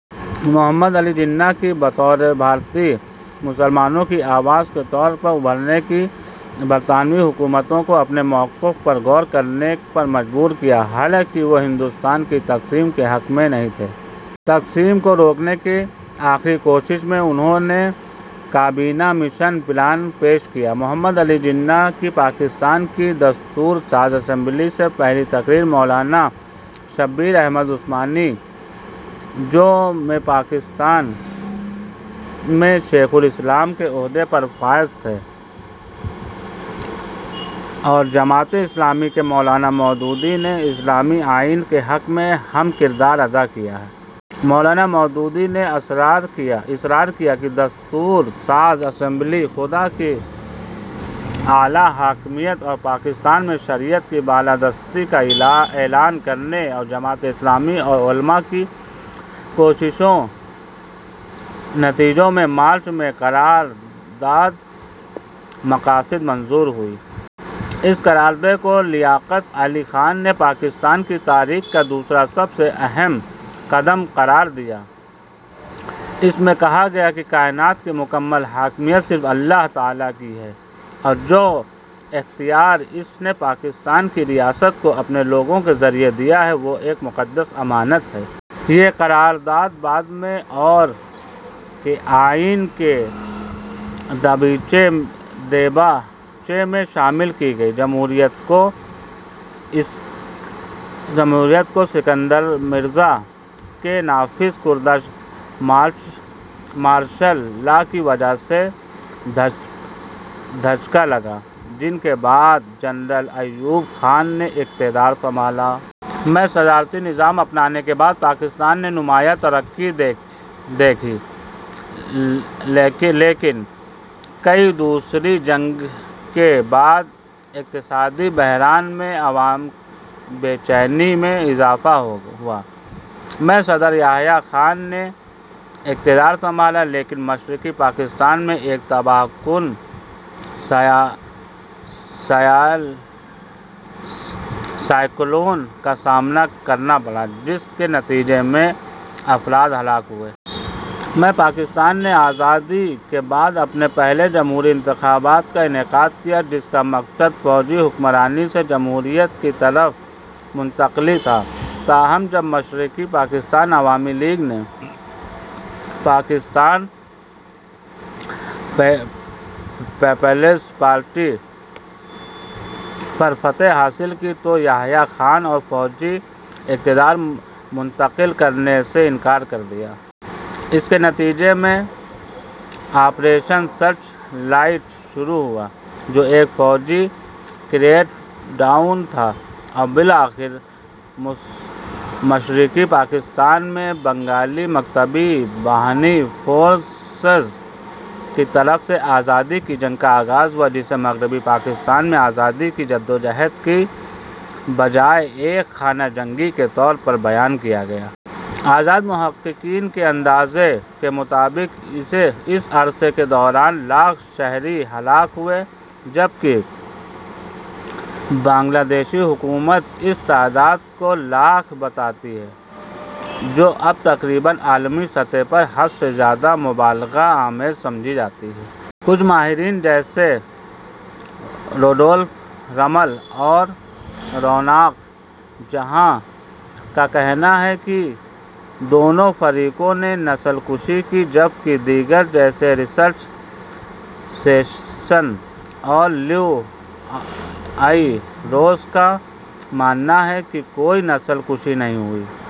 محمد علی جناح کی بطور بھارتی مسلمانوں کی آواز کے طور پر ابھرنے نے برطانوی حکومت کو اپنے موقف پر غور کرنے پر مجبور کیا، حالانکہ وہ ہندوستان کی تقسیم کے حق میں نہیں تھے۔ تقسیم کو روکنے کی آخری کوشش میں، انھوں نے کابینہ مشن پلان پیش کیا۔ —محمد علی جناح کی پاکستان کی دستور ساز اسمبلی سے پہلی تقریر مولانا شبیر احمد عثمانی، جو میں پاکستان میں شیخ الاسلام کے عہدے پر فائز تھے اور جماعت اسلامی کے مولانا مودودی نے اسلامی آئین کے حق میں اہم کردار ادا کیا۔ مولانا مودودی نے اصرار کیا کہ دستور ساز اسمبلی "خدا کی اعلیٰ حاکمیت" اور پاکستان میں شریعت کی بالادستی کا اعلان کرے۔ جماعت اسلامی اور علما کی کوششوں کے نتیجے میں مارچ میں قرارداد مقاصد منظور ہوئی۔ اس قرارداد کو لیاقت علی خان نے پاکستان کی تاریخ کا دوسرا سب سے اہم قدم قرار دیا۔ اس میں کہا گیا کہ "کائنات کی مکمل حاکمیت صرف اللہ تعالیٰ کی ہے اور جو اختیار اس نے پاکستان کی ریاست کو اپنے لوگوں کے ذریعے دیا ہے، وہ ایک مقدس امانت ہے"۔ یہ قرارداد بعد میں ، اور کے آئین کے دیباچے میں شامل کی گئی۔ جمہوریت کو اسکندر مرزا کے نافذ کردہ مارشل لا کی وجہ سے دھچکا لگا، جن کے بعد جنرل ایوب خان نے اقتدار سنبھالا۔ میں صدارتی نظام اپنانے کے بعد، پاکستان نے نمایاں ترقی دیکھی، لیکن کی دوسری جنگ کے بعد اقتصادی بحران اور میں عوامی بے چینی میں اضافہ ہوا۔ میں صدر یحییٰ خان نے اقتدار سنبھالا، لیکن مشرقی پاکستان میں ایک تباہ کن سائیکلون کا سامنا کرنا پڑا جس کے نتیجے میں افراد ہلاک ہوئے۔ میں، پاکستان نے آزادی کے بعد اپنے پہلے جمہوری انتخابات کا انعقاد کیا، جس کا مقصد فوجی حکمرانی سے جمہوریت کی طرف منتقلی تھا۔ تاہم، جب مشرقی پاکستانی عوامی لیگ نے پاکستان پیپلز پارٹی پر فتح حاصل کی، تو یحییٰ خان اور فوج نے اقتدار منتقل کرنے سے انکار کر دیا۔ اس کے نتیجے میں آپریشن سرچ لائٹ شروع ہوا، جو ایک فوجی کریک ڈاؤن تھا اور بالآخر مشرقی پاکستان میں بنگالی مکتی باہنی فورسز کی طرف سے آزادی کی جنگ کا آغاز ہوا، جسے مغربی پاکستان میں آزادی کی جدوجہد کی بجائے ایک خانہ جنگی کے طور پر بیان کیا گیا۔ آزاد محققین کے اندازے کے مطابق اس عرصے کے دوران سے لاکھ شہری ہلاک ہوئے جبکہ بنگلہ دیشی حکومت اس تعداد کو لاکھ بتاتی ہے، جو اب تقریباً عالمی سطح پر حد سے زیادہ مبالغہ آمیز سمجھی جاتی ہے۔ کچھ ماہرین جیسے روڈولف رمل اور روناق جہاں کا کہنا ہے کہ دونوں فریقوں نے نسل کشی کی؛ جبکہ دیگر جیسے رچرڈ سیسن اور لیو ای روز کا ماننا ہے کہ کوئی نسل کشی نہیں ہوئی۔